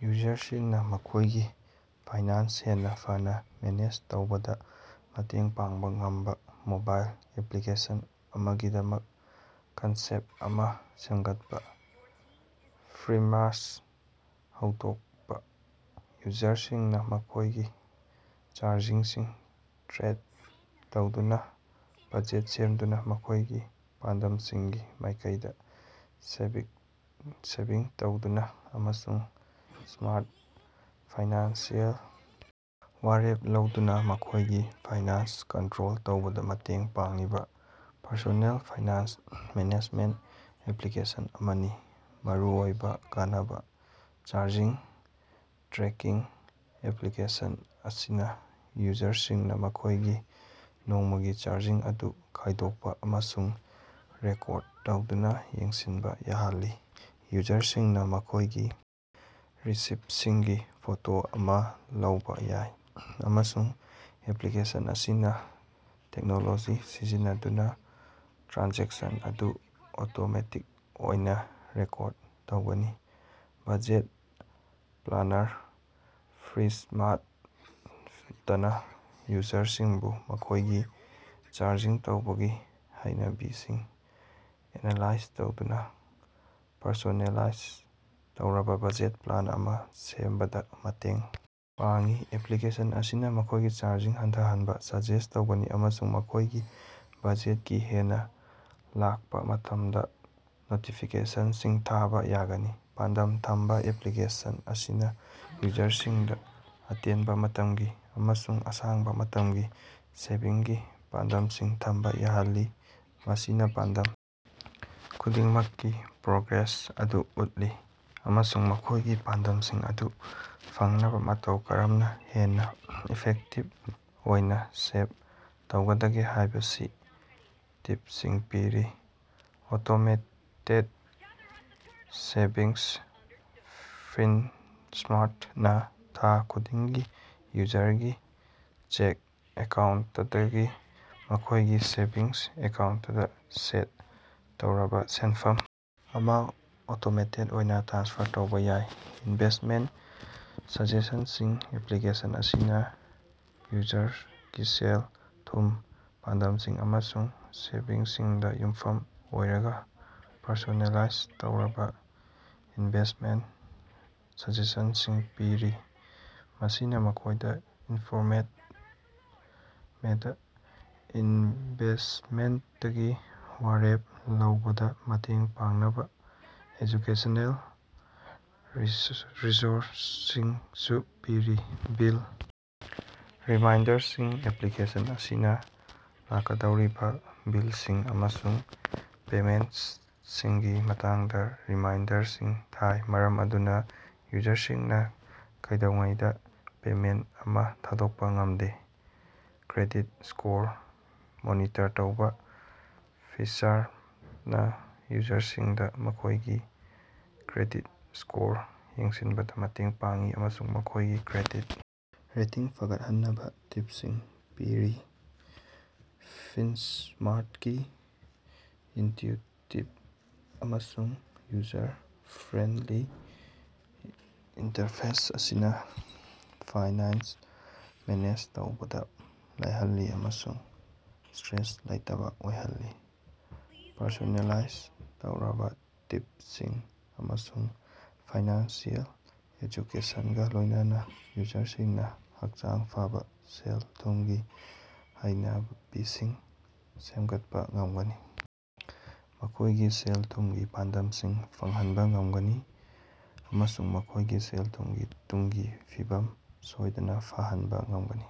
ꯌꯨꯖꯔꯁꯤꯡꯅꯥ ꯃꯈꯣꯏꯒꯤ ꯐꯥꯏꯅꯥꯟꯁ ꯍꯦꯟꯅꯥ ꯐꯅꯥ ꯃꯦꯅꯦꯖ ꯇꯧꯕꯗꯥ ꯃꯇꯦꯡ ꯄꯥꯡꯕꯥ ꯉꯝꯕꯥ ꯃꯣꯕꯥꯏꯜ ꯑꯦꯄ꯭ꯂꯤꯀꯦꯁꯟ ꯑꯃꯒꯤꯗꯃꯛ ꯀꯟꯁꯦꯞꯇ ꯑꯃꯥ ꯁꯦꯃꯒꯠꯄꯥ꯫ "ꯐꯤꯟꯁ꯭ꯃꯥꯔꯠ" ꯍꯧꯗꯣꯀꯄꯥ: ꯌꯨꯖꯔꯁꯤꯡꯅꯥ ꯃꯈꯣꯏꯒꯤ ꯆꯥꯔꯖꯤꯡꯁꯤꯡ ꯇ꯭ꯔꯦꯛ ꯇꯧꯗꯨꯅꯥ, ꯕꯖꯦꯠ ꯁꯦꯝꯗꯨꯅꯥ, ꯃꯈꯣꯢꯒꯤ ꯄꯥꯟꯗꯝꯁꯤꯡꯒꯤ ꯃꯥꯢꯀꯩꯗꯥ ꯁꯦꯚꯤꯡ ꯇꯧꯗꯨꯅꯥ ꯑꯃꯁꯨꯡ ꯁ꯭ꯃꯥꯔꯠ ꯐꯥꯏꯅꯥꯟꯁꯤꯑꯦꯜ ꯋꯥꯔꯦꯞ ꯂꯧꯗꯨꯅꯥ ꯃꯈꯣꯢꯒꯤ ꯐꯥꯏꯅꯥꯟꯁ ꯀꯟꯇ꯭ꯔꯣꯜ ꯇꯧꯕꯗꯥ ꯃꯇꯦꯡ ꯄꯥꯡꯂꯤꯕꯥ ꯄꯔꯁꯣꯅꯦꯜ ꯐꯥꯏꯅꯥꯟꯁ ꯃꯦꯅꯦꯖꯃꯦꯟꯇ ꯑꯦꯄ꯭ꯂꯤꯀꯦꯁꯟ ꯑꯃꯅꯤ꯫ ꯃꯔꯨꯑꯣꯏꯕꯥ ꯀꯥꯟꯅꯕ: ꯆꯥꯔꯖꯤꯡ ꯇ꯭ꯔꯦꯀꯤꯡ- ꯑꯦꯄ꯭ꯂꯥꯀꯦꯁꯟ ꯑꯁꯤꯅꯥ ꯌꯨꯖꯔꯁꯤꯡꯅꯥ ꯃꯈꯣꯏꯒꯤ ꯅꯣꯡꯃꯒꯤ ꯆꯥꯔꯖꯤꯡ ꯑꯗꯨ ꯈꯥꯢꯗꯣꯛꯄ ꯑꯃꯁꯨꯡ ꯔꯦꯀꯣꯔꯗ ꯇꯧꯗꯨꯅꯥ ꯌꯦꯡꯁꯤꯟꯕꯥ ꯌꯥꯍꯜꯂꯤ꯫ ꯌꯨꯖꯔꯁꯤꯡꯅꯥ ꯃꯈꯣꯢꯒꯤ ꯔꯤꯁꯤꯞꯁꯤꯡꯒꯤ ꯐꯣꯇꯣ ꯑꯃꯥ ꯂꯧꯕꯥ ꯌꯥꯏ, ꯑꯃꯁꯨꯡ ꯑꯦꯄ꯭ꯂꯤꯀꯦꯁꯟ ꯑꯁꯤꯅꯥ ꯇꯦꯛꯅꯣꯂꯣꯖꯤ ꯁꯤꯖꯤꯟꯅꯗꯨꯅꯥ ꯇ꯭ꯔꯥꯟꯖꯦꯛꯁꯟ ꯑꯗꯨ ꯑꯣꯇꯣꯃꯦꯇꯤꯛ ꯑꯣꯏꯅꯥ ꯔꯦꯀꯣꯔꯗ ꯇꯧꯒꯅꯤ꯫ ꯕꯖꯦꯠ ꯄ꯭ꯂꯥꯅꯔ- ꯐꯤꯟꯁ꯭ꯃꯥꯔꯇꯅꯥ ꯌꯨꯖꯔꯁꯤꯡꯕꯨ ꯃꯈꯣꯢꯒꯤ ꯆꯥꯔꯖꯤꯡ ꯇꯧꯕꯒꯤ ꯍꯩꯅꯕꯤꯁꯤꯡ ꯑꯦꯅꯥꯂꯥꯏꯖ ꯇꯧꯗꯨꯅꯥ ꯄꯔꯁꯣꯅꯦꯂꯥꯏꯖ ꯇꯧꯔꯕꯥ ꯕꯖꯦꯠ ꯄ꯭ꯂꯥꯟ ꯑꯃꯥ ꯁꯦꯝꯕꯗꯥ ꯃꯇꯦꯡ ꯄꯥꯡꯏ꯫ ꯑꯦꯄ꯭ꯂꯤꯀꯦꯁꯟ ꯑꯁꯤꯅꯥ ꯃꯈꯣꯢꯒꯤ ꯆꯥꯔꯖꯤꯡ ꯍꯟꯊꯍꯟꯕꯥ ꯁꯖꯦꯁ꯭ꯠ ꯇꯧꯒꯅꯤ ꯑꯃꯁꯨꯡ ꯃꯈꯣꯢꯒꯤ ꯕꯖꯦꯠꯇꯒꯤ ꯍꯦꯟꯅꯥ ꯂꯥꯛꯄꯥ ꯃꯇꯝꯗꯥ ꯅꯣꯇꯤꯐꯤꯀꯦꯁꯟꯁꯤꯡ ꯊꯥꯕꯥ ꯌꯥꯒꯅꯤ꯫ ꯄꯥꯟꯗꯝ ꯊꯝꯕꯥ- ꯑꯦꯄ꯭ꯂꯤꯀꯦꯁꯟ ꯑꯁꯤꯅꯥ ꯌꯨꯖꯔꯁꯤꯡꯗꯥ ꯑꯇꯦꯟꯕꯥ ꯃꯇꯝꯒꯤ ꯑꯃꯁꯨꯡ ꯑꯁꯥꯡꯕꯥ ꯃꯇꯝꯒꯤ ꯁꯦꯚꯤꯡꯒꯤ ꯄꯥꯟꯗꯝꯁꯤꯡ ꯊꯝꯕꯥ ꯌꯥꯍꯜꯂꯤ꯫ ꯃꯁꯤꯅꯥ ꯄꯥꯟꯗꯝ ꯈꯨꯗꯤꯡꯃꯛꯀꯤ ꯄ꯭ꯔꯣꯒ꯭ꯔꯦꯁ ꯑꯗꯨ ꯎꯠꯂꯤ ꯑꯃꯁꯨꯡ ꯃꯈꯣꯢꯒꯤ ꯄꯥꯟꯗꯝꯁꯤꯡ ꯑꯗꯨ ꯐꯪꯅꯕꯥ ꯃꯇꯧ ꯀꯔꯝꯅꯥ ꯍꯦꯟꯅꯥ ꯏꯐꯦꯛꯇꯤꯚ ꯑꯣꯏꯅꯥ ꯁꯦꯚ ꯇꯧꯒꯗꯒꯦ ꯍꯥꯢꯕꯒꯤ ꯇꯤꯞꯁꯤꯡ ꯄꯤꯔꯤ꯫ ꯑꯣꯇꯣꯃꯦꯇꯦꯗ ꯁꯦꯚꯤꯡꯁ- ꯐꯤꯟꯁ꯭ꯃꯥꯔꯇꯅꯥ ꯊꯥ ꯈꯨꯗꯤꯡꯒꯤ ꯌꯨꯖꯔꯒꯤ ꯆꯦꯛ ꯑꯦꯀꯥꯎꯟꯇꯇꯒꯤ ꯃꯈꯣꯢꯒꯤ ꯁꯦꯚꯤꯡꯁ ꯑꯦꯀꯥꯎꯟꯇꯇꯥ ꯁꯦꯠ ꯇꯧꯔꯕꯥ ꯁꯦꯟꯐꯝ ꯑꯃꯥ ꯑꯣꯇꯣꯃꯦꯇꯦꯗ ꯑꯣꯏꯅꯥ ꯇ꯭ꯔꯥꯟꯁꯐꯔ ꯇꯧꯕꯥ ꯌꯥꯏ꯫ ꯏꯟꯚꯦꯁ꯭ꯇꯃꯦꯟꯇ ꯁꯖꯦꯁꯟꯁꯤꯡ- ꯑꯦꯄ꯭ꯂꯤꯀꯦꯁꯟ ꯑꯁꯤꯅꯥ ꯌꯨꯖꯔꯒꯤꯁꯦꯜ-ꯊꯨꯝꯒꯤ ꯄꯥꯟꯗꯝꯁꯤꯡ ꯑꯃꯁꯨꯡ ꯁꯦꯚꯤꯡꯁꯤꯡꯗꯥ ꯌꯨꯝꯐꯨꯝ ꯑꯣꯏꯔꯒꯥ ꯄꯔꯁꯣꯅꯦꯂꯥꯢꯖ ꯇꯧꯔꯕꯥ ꯏꯟꯚꯦꯁ꯭ꯇꯃꯦꯟꯇ ꯁꯖꯦꯁꯟꯁꯤꯡ ꯄꯤꯔꯤ꯫ ꯃꯁꯤꯅꯥ ꯃꯈꯣꯢꯗꯥ ꯏꯟꯐꯣꯔꯃꯦꯗ ꯏꯟꯚꯦꯁ꯭ꯇꯃꯦꯟꯇꯀꯤ ꯋꯥꯔꯦꯞ ꯂꯧꯕꯗꯥ ꯃꯇꯦꯡ ꯄꯥꯡꯅꯕꯥ ꯑꯦꯖꯨꯀꯦꯁꯅꯦꯜ ꯔꯤꯁꯣꯔꯁꯁꯤꯡꯁꯨ ꯄꯤꯔꯤ꯫ ꯕꯤꯜ ꯔꯤꯃꯥꯏꯟꯗꯔꯁꯤꯡ- ꯑꯦꯄ꯭ꯂꯤꯀꯦꯁꯟ ꯑꯁꯤꯅꯥ ꯂꯥꯛꯀꯗꯧꯔꯤꯕꯥ ꯕꯤꯜꯁꯤꯡ ꯑꯃꯁꯨꯡ ꯄꯦꯃꯦꯟꯇꯁꯤꯡꯒꯤ ꯃꯇꯥꯡꯗꯥ ꯔꯤꯃꯥꯏꯟꯗꯔꯁꯤꯡ ꯊꯥꯏ, ꯃꯔꯝ ꯑꯗꯨꯅꯥ ꯌꯨꯖꯔꯁꯤꯡꯅꯥ ꯀꯩꯗꯧꯉꯩꯗꯥ ꯄꯦꯃꯦꯟꯇ ꯑꯃꯥ ꯊꯥꯗꯣꯛꯄꯥ ꯉꯝꯗꯦ꯫ ꯀ꯭ꯔꯦꯗꯤꯠ ꯁ꯭ꯀꯣꯔ ꯃꯣꯅꯤꯇꯔ ꯇꯧꯕꯥ- ꯐꯤꯟꯁ꯭ꯃꯥꯔꯇꯅꯥ ꯌꯨꯖꯔꯁꯤꯡꯗꯥ ꯃꯈꯣꯢꯒꯤ ꯀ꯭ꯔꯦꯗꯤꯠ ꯁ꯭ꯀꯣꯔ ꯌꯦꯡꯁꯤꯟꯕꯗꯥ ꯃꯇꯦꯡ ꯄꯥꯡꯏ ꯑꯃꯁꯨꯡ ꯃꯈꯣꯢꯒꯤ ꯀ꯭ꯔꯦꯗꯤꯠ ꯔꯦꯇꯤꯡ ꯐꯒꯠꯍꯟꯅꯕꯥ ꯇꯤꯞꯁꯤꯡ ꯄꯤꯔꯤ꯫ ꯐꯤꯟꯁ꯭ꯃꯥꯔꯇꯀꯤ ꯏꯟꯇ꯭ꯌꯨꯇꯤꯕ ꯑꯃꯁꯨꯡ ꯌꯨꯖꯔ ꯐ꯭ꯔꯦꯟꯗꯂꯤ ꯏꯟꯇꯔꯐꯦꯁ ꯑꯁꯤꯅꯥ ꯐꯥꯏꯅꯥꯟꯁ ꯃꯦꯅꯦꯖ ꯇꯧꯕꯗꯥ ꯂꯥꯏꯍꯜꯂꯤ ꯑꯃꯁꯨꯡ ꯁꯇ꯭ꯔꯦꯁ ꯂꯩꯇꯕꯥ ꯑꯣꯏꯍꯜꯂꯤ꯫ ꯄꯔꯁꯣꯅꯦꯂꯥꯏꯖ ꯇꯧꯔꯕꯥ ꯇꯤꯞꯁꯤꯡ ꯑꯃꯁꯨꯡ ꯐꯥꯏꯅꯥꯟꯁꯤꯑꯦꯜ ꯑꯦꯖꯨꯀꯦꯁꯟꯒꯥ ꯂꯣꯢꯅꯅꯥ ꯌꯨꯖꯔꯁꯤꯡꯅꯥ ꯍꯛꯆꯥꯡ ꯐꯕꯥ ꯁꯦꯜ-ꯊꯨꯝꯒꯤ ꯍꯩꯅꯕꯤꯁꯤꯡ ꯁꯦꯃꯒꯠꯄꯥ ꯉꯝꯒꯅꯤ, ꯃꯈꯣꯢꯒꯤ ꯁꯦꯜ-ꯊꯨꯝꯒꯤ ꯄꯥꯟꯗꯝꯁꯤꯡ ꯐꯪꯍꯟꯕꯥ ꯉꯝꯒꯅꯤ ꯑꯃꯁꯨꯡ ꯃꯈꯣꯢꯒꯤ ꯁꯦꯜ-ꯊꯨꯝꯒꯤ ꯇꯨꯡꯒꯤ ꯐꯤꯕꯝ ꯁꯣꯢꯗꯅꯥ ꯐꯍꯟꯕ ꯉꯝꯒꯅꯤ꯫